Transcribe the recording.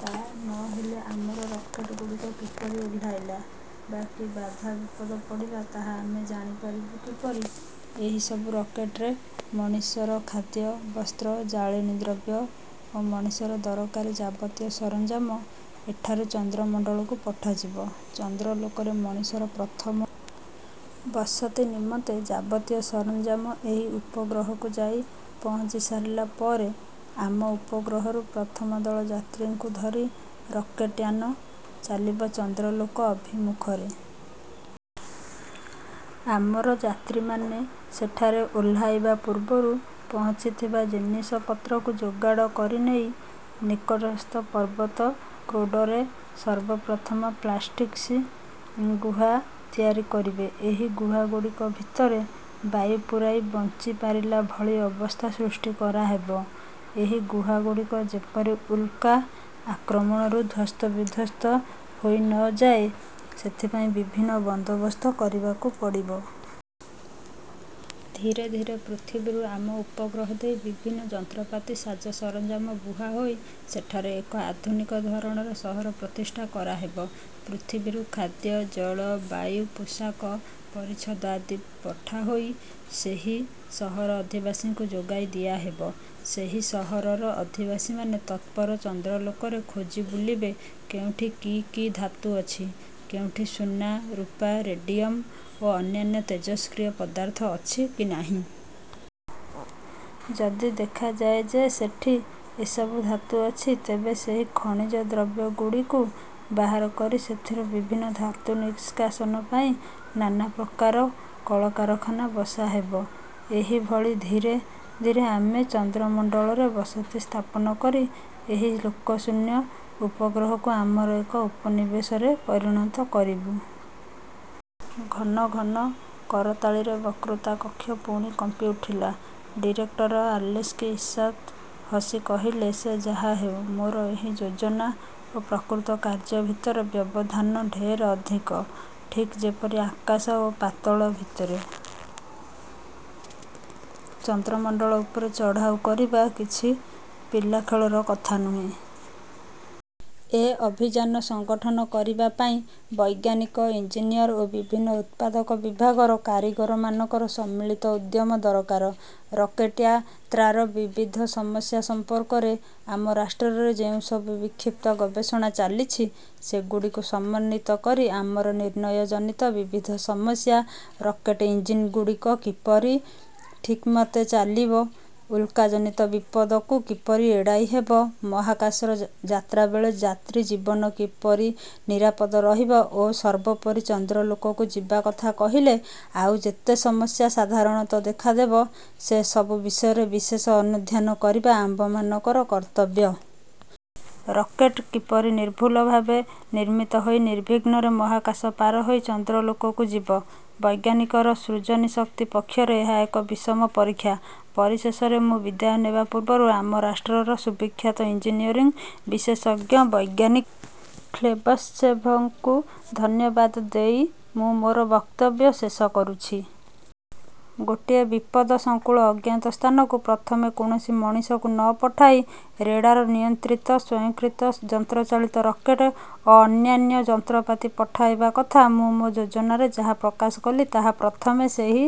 ତା' ନ ହେଲେ ଆମର ରକେଟ୍ ଗୁଡ଼ିକ କିପରି ଓହ୍ଲାଇଲା, ବା କି ବାଧା-ବିପଦ ପଡ଼ିଲା ତାହା ଆମେ ଜାଣିପାରିବୁ କିପରି? ଏହି ସବୁ ରକେଟ୍ରେ ମଣିଷର ଖାଦ୍ୟ, ବସ୍ତ୍ର, ଜାଳେଣି ଦ୍ରବ୍ୟ ଓ ମଣିଷର ଦରକାରୀ ଯାବତୀୟ ସରଞ୍ଜାମ ଏଠାରୁ ଚନ୍ଦ୍ରମଣ୍ଡଳକୁ ପଠାଯିବ। ଚନ୍ଦ୍ରଲୋକରେ ମଣିଷର ପ୍ରଥମ ବସତି ନିମନ୍ତେ ଯାବତୀୟ ସରଞ୍ଜାମ ଏହି ଉପଗ୍ରହକୁ ଯାଇ ପହଞ୍ଚିସାରିଲା ପରେ, ଆମ ଉପଗ୍ରହରୁ ପ୍ରଥମ ଦଳ ଯାତ୍ରୀଙ୍କୁ ଧରି ରକେଟ୍ଯାନ ଚାଲିବ ଚନ୍ଦ୍ରଲୋକ ଅଭିମୁଖରେ। ଆମର ଯାତ୍ରୀମାନେ ସେଠାରେ ଓହ୍ଲାଇବା ପୂର୍ବରୁ ପହଞ୍ଚିଥିବା ଜିନିଷପତ୍ରକୁ ଯୋଗାଡ଼ କରିନେଇ ନିକଟସ୍ଥ ପର୍ବତ କ୍ରୋଡ଼ରେ ସର୍ବପ୍ରଥମ ପ୍ଳାଷ୍ଟିକ୍ସ ଗୁହା ତିଆରି କରିବେ। ଏହି ଗୁହାଗୁଡ଼ିକ ଭିତରେ ବାୟୁ ପୁରାଇ ବଞ୍ଚିପାରିଲା ଭଳି ଅବସ୍ଥା ସୃଷ୍ଟି କରାହେବ। ଏହି ଗୁହାଗୁଡ଼ିକ ଯେପରି ଉଲ୍କା ଆକ୍ରମଣରୁ ଧ୍ୱସ୍ତବିଧ୍ୱସ୍ତ ହୋଇ ନ ଯାଏ, ସେଥିପାଇଁ ବିଭିନ୍ନ ବନ୍ଦୋବସ୍ତ କରିବାକୁ ପଡ଼ିବ। ଧୀରେ ଧୀରେ ପୃଥିବୀରୁ ଆମ ଉପଗ୍ରହ ଦେଇ ବିଭିନ୍ନ ଯନ୍ତ୍ରପାତି ସାଜ-ସରଞ୍ଜାମ ବୁହାହୋଇ ସେଠାରେ ଏକ ଆଧୁନିକ ଧରଣର ସହର ପ୍ରତିଷ୍ଠା କରାହେବ। ପୃଥିବୀରୁ ଖାଦ୍ୟ, ଜଳ, ବାୟୁ, ପୋଷାକ-ପରିଚ୍ଛଦଆଦି ପଠାହୋଇ ସେହି ସହରର ଅଧିବାସୀମାନଙ୍କୁ ଯୋଗାଇ ଦିଆହେବ। ସେହି ସହରର ଅଧିବାସୀମାନେ ତତ୍ପରେ ଚନ୍ଦ୍ରଲୋକରେ ଖୋଜିବୁଲିବେ, କେଉଁଠି କି କି ଧାତୁ ଅଛି, କେଉଁଠି ସୁନା, ରୂପା, ରେଡ଼ିୟମ୍ଓ ଅନ୍ୟାନ୍ୟ ତେଜସ୍କ୍ରିୟ ପଦାର୍ଥ ଅଛି କି ନାହିଁ। ଯଦି ଦେଖାଯାଏ ଯେ ସେଠି ଏସବୁ ଧାତୁ ଅଛି, ତେବେ ସେହି ଖଣିଜଦ୍ରବ୍ୟଗୁଡ଼ିକୁ ବାହାର କରି ସେଥିରୁ ବିଭିନ୍ନ ଧାତୁ ନିଷ୍କାସନ ପାଇଁ ନାନାପ୍ରକାର କଳକାରଖାନା ବସାହେବ। ଏହିଭଳି ଧୀରେ ଧୀରେ ଆମେ ଚନ୍ଦ୍ରମଣ୍ଡଳରେ ବସତି ସ୍ଥାପନ କରି ଏହି ଲୋକଶୂନ୍ୟ ଉପଗ୍ରହକୁ ଆମର ଏକ ଉପନିବେଶରେ ପରିଣତ କରିବୁଁ। '' ଘନ ଘନ କରତାଳିରେ ବକ୍ତୃତା କକ୍ଷ ପୁଣି କମ୍ପି ଉଠିଲା। ଡିରେକ୍ଟର ଆଲେସ୍କି ଈଷତ୍ ହସି କହିଲେ, ''ସେ ଯାହାହେଉ, ମୋର ଏହି ଯୋଜନା ଓ ପ୍ରକୃତ କାର୍ଯ୍ୟ ଭିତରେ ବ୍ୟବଧାନ ଢେର୍ ଅଧିକ-ଠିକ୍ ଯେପରି ଆକାଶ ଓ ପାତାଳ ଭିତରେ। ଚନ୍ଦ୍ରମଣ୍ଡଳ ଉପରେ ଚଢ଼ାଉ କରିବା କିଛି ପିଲାଖେଳର କଥା ନୁହେଁ। ଏ ଅଭିଯାନ ସଙ୍ଗଠନ କରିବା ପାଇଁ ବୈଜ୍ଞାନିକ, ଇଞ୍ଜିନିଅର୍ ଓ ବିଭିନ୍ନ ଉତ୍ପାଦକ ବିଭାଗର କାରିଗରମାନଙ୍କର ସମ୍ମିଳିତ ଉଦ୍ୟମ ଦରକାର। ରକେଟ୍ଯାତ୍ରାର ବିବିଧ ସମସ୍ୟା ସମ୍ପର୍କରେ ଆମ ରାଷ୍ଟ୍ରରେ ଯେଉଁ ସବୁ ବିକ୍ଷିପ୍ତ ଗବେଷଣା ଚାଲିଛି, ସେଗୁଡ଼ିକୁ ସମନ୍ୱିତ କରି ଆମର ନିର୍ଣ୍ଣୟଜନିତ ବିବିଧ ସମସ୍ୟା, ରକେଟ୍ଇଞ୍ଜିନ୍ଗୁଡ଼ିକ କିପରି ଠିକ୍ମତେ ଚାଲିବ, ଉଲ୍କାଜନିତ ବିପଦକୁ କିପରି ଏଡ଼ାଇ ହେବ, ମହାକାଶ ଯାତ୍ରାବେଳେ ଯାତ୍ରୀ-ଜୀବନ କିପରି ନିରାପଦ ରହିବ ଓ ସର୍ବୋପରି ଚନ୍ଦ୍ରଲୋକକୁ ଯିବାକଥା କହିଲେ ଆଉ ଯେତେ ସମସ୍ୟା ସାଧାରଣତଃ ଦେଖାଦେବ, ସେ ସବୁ ବିଷୟରେ ବିଶେଷ ଅନୁଧ୍ୟାନ କରିବା ଆମ୍ଭମାନଙ୍କର କର୍ତ୍ତବ୍ୟ। ରକେଟ୍ କିପରି ନିର୍ଭୁଲଭାବେ ନିର୍ମିତ ହୋଇ, ନିର୍ବିଘ୍ନରେ ମହାକାଶ ପାରହୋଇ ଚନ୍ଦ୍ରଲୋକକୁ ଯିବ, ବୈଜ୍ଞାନିକର ସୃଜନୀ ଶକ୍ତି ପକ୍ଷରେ ଏହା ଏକ ବିଷମ ପରୀକ୍ଷା। ''ପରିଶେଷରେ ମୁଁ ବିଦାୟ ନେବା ପୂର୍ବରୁ ଆମ ରାଷ୍ଟ୍ରର ସୁବିଖ୍ୟାତ ଇନ୍ଜିନିୟରିଂ ବିଶେଷଜ୍ଞ ବୈଜ୍ଞାନିକ ଖ୍ଲେବତ୍ସେଭ୍ଙ୍କୁ ଧନ୍ୟବାଦ ଦେଇ ମୁଁ ମୋର ବକ୍ତବ୍ୟ ଶେଷ କରୁଛି। ଗୋଟିଏ ବିପଦସଂକୁଳ ଅଜ୍ଞାତ ସ୍ଥାନକୁ ପ୍ରଥମେ କୌଣସି ମଣିଷକୁ ନ ପଠାଇ ରେଡ଼ାର ନିୟନ୍ତ୍ରିତ ସ୍ୱୟଂକ୍ରିୟ ଯନ୍ତ୍ରଚାଳିତ ରକେଟ୍ ଓ ଅନ୍ୟାନ୍ୟ ଯନ୍ତ୍ରପାତି ପଠାଇବା କଥା ମୁଁ ମୋ ଯୋଜନାରେ ଯାହା ପ୍ରକାଶ କଲି ତାହା ପ୍ରଥମେ ସେହି